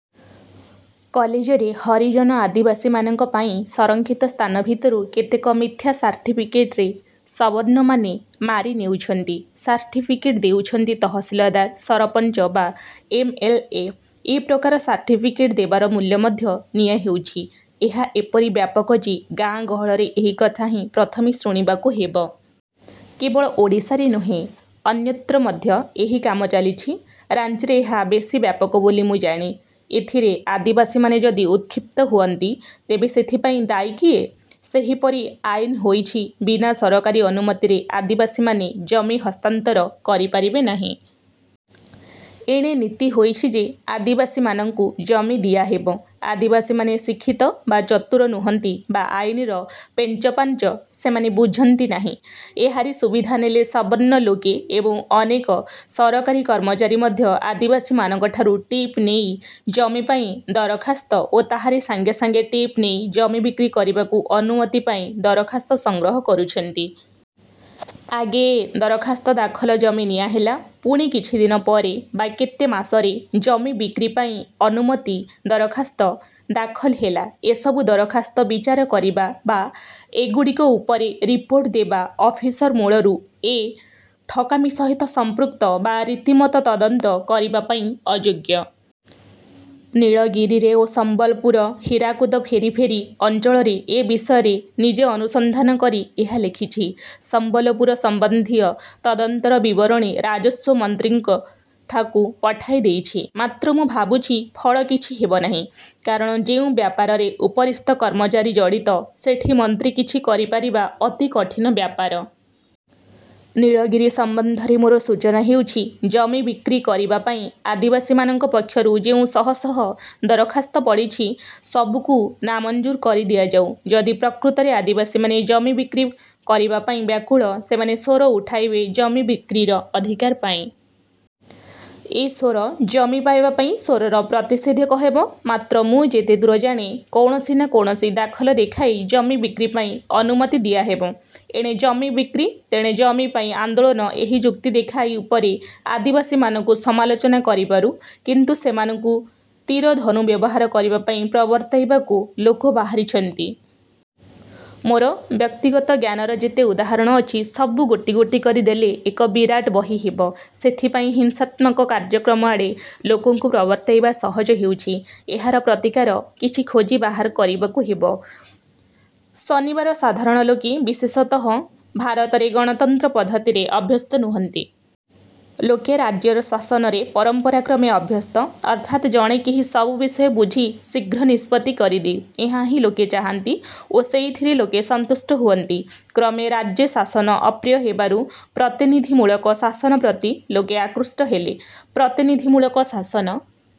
କଲେଜରେ ହରିଜନ ଆଦିବାସୀମାନଙ୍କ ପାଇଁ ସଂରକ୍ଷିତ ସ୍ଥାନ ଭିତରୁ କେତେକ ମିଥ୍ୟା ସାର୍ଟିଫିକେଟରେ ସବର୍ଣ୍ଣମାନେ ମାରି ନେଉଛନ୍ତି। ସାର୍ଟିଫିକେଟ ଦେଉଛନ୍ତି ତହସିଲଦାର, ସରପଞ୍ଚ ବା ଏମ. ଏଲ. ଏ.। ଏ ପ୍ରକାର ସାର୍ଟିଫିକେଟ ଦେବାର ମୂଲ୍ୟ ମଧ୍ୟ ନିଆହେଉଛି। ଏହା ଏପରି ବ୍ୟାପକ ଯେ ଗାଁ ଗହଳରେ ଏହି କଥା ହିଁ ପ୍ରଥମେ ଶୁଣିବାକୁ ହେବ। କେବଳ ଓଡ଼ିଶାରେ ନୁହେଁ ଅନ୍ୟତ୍ର ମଧ୍ୟ ଏହି କାମ ଚାଲିଛି। ରାଞ୍ଚିରେ ଏହା ବେଶି ବ୍ୟାପକ ବୋଲି ମୁଁ ଜାଣେ। ଏଥିରେ ଆଦିବାସୀମାନେ ଯଦି ଉତ୍କ୍ଷିପ୍ତ ହୁଅନ୍ତି, ତେବେ ସେଥିପାଇଁ ଦାୟୀ କିଏ? ସେହିପରି ଆଇନ ହୋଇଛି ବିନା ସରକାରୀ ଅନୁମତିରେ ଆଦିବାସୀମାନେ ଜମି ହସ୍ତାନ୍ତର କରିପାରିବେ ନାହିଁ। ଏଣେ ନୀତି ହୋଇଛି ଯେ ଆଦିବାସୀମାନଙ୍କୁ ଜମି ଦିଆହେବ। ଆଦିବାସୀମାନେ ଶିକ୍ଷିତ ବା ଚତୁର ନୁହନ୍ତି ବା ଆଇନର ପେଞ୍ଚପାଞ୍ଚ ସେମାନେ ବୁଝନ୍ତିନାହିଁ। ଏହାରି ସୁବିଧା ନେଲେ ସବର୍ଣ୍ଣ ଲୋକେ ଏବଂ ଅନେକ ସରକାରୀ କର୍ମଚାରୀ ମଧ୍ୟ ଆଦିବାସୀମାନଙ୍କଠାରୁ ଟିପ ନେଇ ଜମିପାଇଁ ଦରଖାସ୍ତ ଓ ତାହାରି ସାଙ୍ଗେ ସାଙ୍ଗେ ଟିପ ନେଇ ଜମି ବିକ୍ରି କରିବାକୁ ଅନୁମତି ପାଇଁ ଦରଖାସ୍ତ ସଂଗ୍ରହ କରୁଛନ୍ତି। ଆଗେ ଜମି ଦରଖାସ୍ତ ଦାଖଲ ଜମି ନିଆହେଲା, ପୁଣି କିଛି ଦିନପରେ ବା କେତେ ମାସରେ ଜମି ବିକ୍ରି ପାଇଁ ଅନୁମତି ଦରଖାସ୍ତ ଦାଖଲ ହେଲା। ଏସବୁ ଦରଖାସ୍ତ ବିଚାର କରିବା ବା ଏଗୁଡ଼ିକ ଉପରେ ରିପୋର୍ଟ ଦେବା ଅଫିସର ମୂଳରୁ ଏ ଠକାମି ସହିତ ସଂପୃକ୍ତ ବା ରୀତିମତ ତଦନ୍ତ କରିବାପାଇଁ ଅଯୋଗ୍ୟ। ନୀଳଗିରିରେ ଓ ସମ୍ବଲପୁର ହୀରାକୁଦ ଫେରିଫେରି ଅଞ୍ଚଳରେ ଏ ବିଷୟରେ ନିଜେ ଅନୁସନ୍ଧାନ କରି ଏହା ଲେଖିଛି। ସମ୍ବଲପୁର ସମ୍ବନ୍ଧୀୟ ତଦନ୍ତର ବିବରଣୀ ରାଜସ୍ୱ ମନ୍ତ୍ରୀଙ୍କଠାକୁ ପଠାଇ ଦେଇଛି; ମାତ୍ର ମୁଁ ଭାବୁଛି ଫଳ କିଛି ହେବନାହିଁ। କାରଣ ଯେଉଁ ବ୍ୟାପାରରେ ଉପରିସ୍ଥ କର୍ମଚାରୀ ଜଡ଼ିତ ସେଠି ମନ୍ତ୍ରୀ କିଛି କରି ପାରିବା ଅତି କଠିନ ବ୍ୟାପାର। ନୀଳଗିରି ସମ୍ବନ୍ଧରେ ମୋର ସୂଚନା ହେଉଛି, ଜମି ବିକ୍ରି କରିବାପାଇଁ ଆଦିବାସୀମାନଙ୍କ ପକ୍ଷରୁ ଯେଉଁ ଶହ ଶହ ଦରଖାସ୍ତ ପଡ଼ିଛି,। ସବୁକୁ ନାମଞ୍ଜୁର କରି ଦିଆଯାଉ। ଯଦି ପ୍ରକୃତରେ ଆସିବାସୀମାନେ ଜମି ବିକ୍ରି କରିବାପାଇଁ ବ୍ୟାକୁଳ, ସେମାନେ ସ୍ୱର ଉଠାଇବେ ଜମି ବିକ୍ରିର ଅଧିକାର ପାଇଁ। ଏ ସ୍ୱର ଜମି ପାଇବାପାଇଁ ସ୍ୱରର ପ୍ରତିଷେଧକ ହେବ; ମାତ୍ର ମୁଁ ଯେତେଦୂର ଜାଣେ କୌଣସି ନାଁ କୌଣସି କାରଣ ଦେଖାଇ ଜମି ବିକ୍ରି ପାଇଁ ଅନୁମତି ଦିଆହେବ-। ଏଣେ ଜମି ବିକ୍ରି, ତେଣେ ଜମି ପାଇଁ ଆନ୍ଦୋଳନ ଏହି ଯୁକ୍ତି ଦେଖାଇ ଉପରେ ଆଦିବାସୀମାନଙ୍କୁ ସମାଲୋଚନା କରିପାରୁ; କିନ୍ତୁ ସେମାନଙ୍କୁ ତୀର ଧନୁ ବ୍ୟବହାର କରିବାପାଇଁ ପ୍ରବର୍ତ୍ତାଇବାକୁ ଲୋକ ବାହାରିଛନ୍ତି। ମୋର ବ୍ୟକ୍ତିଗତ ଜ୍ଞାନର ଯେତେ ଉଦାହରଣ ଅଛି, ସବୁ ଗୋଟି ଗୋଟି କରି ଦେଲେ ଏକ ବିରାଟ ବହିହେବ। ସେଥିପାଇଁ ହିଂସାତ୍ମକ କାର୍ଯ୍ୟକ୍ରମଆଡ଼େ ଲୋକଙ୍କୁ ପ୍ରବର୍ତ୍ତାଇବା ସହଜ ହେଉଛି। ଏହାର ପ୍ରତିକାର କିଛି ଖୋଜି ବାହାର କରିବାକୁ ହେବ। ଶନିବାର ସାଧାରଣ ଲୋକେ, ବିଶେଷତଃ ଭାରତରେ ଗଣତନ୍ତ୍ର ପଦ୍ଧତିରେ ଅଭ୍ୟସ୍ତ ନୁହନ୍ତି। ଲୋକେ ରାଜ୍ୟର ଶାସନରେ ପରମ୍ପରାକ୍ରମେ ଅଭ୍ୟସ୍ତ। ଅର୍ଥାତ୍ ଜଣେ କେହି ସବୁ ବିଷୟ ବୁଝି ଶୀଘ୍ର ନିଷ୍ପତ୍ତି କରିଦେଉ, ଏହା ହିଁ ଲୋକେ ଚାହାନ୍ତି ଓ ସେଇଥିରେ ଲୋକେ ସନ୍ତୁଷ୍ଟ ହୁଅନ୍ତି। କ୍ରମେ ରାଜ୍ୟଶାସନ ଅପ୍ରିୟ ହେବାରୁ ପ୍ରତିନିଧିମୂଳକ ଶାସନ ପ୍ରତି ଲୋକେ ଆକୃଷ୍ଟ ହେଲେ। ପ୍ରତିନିଧିମୂଳକ ଶାସନ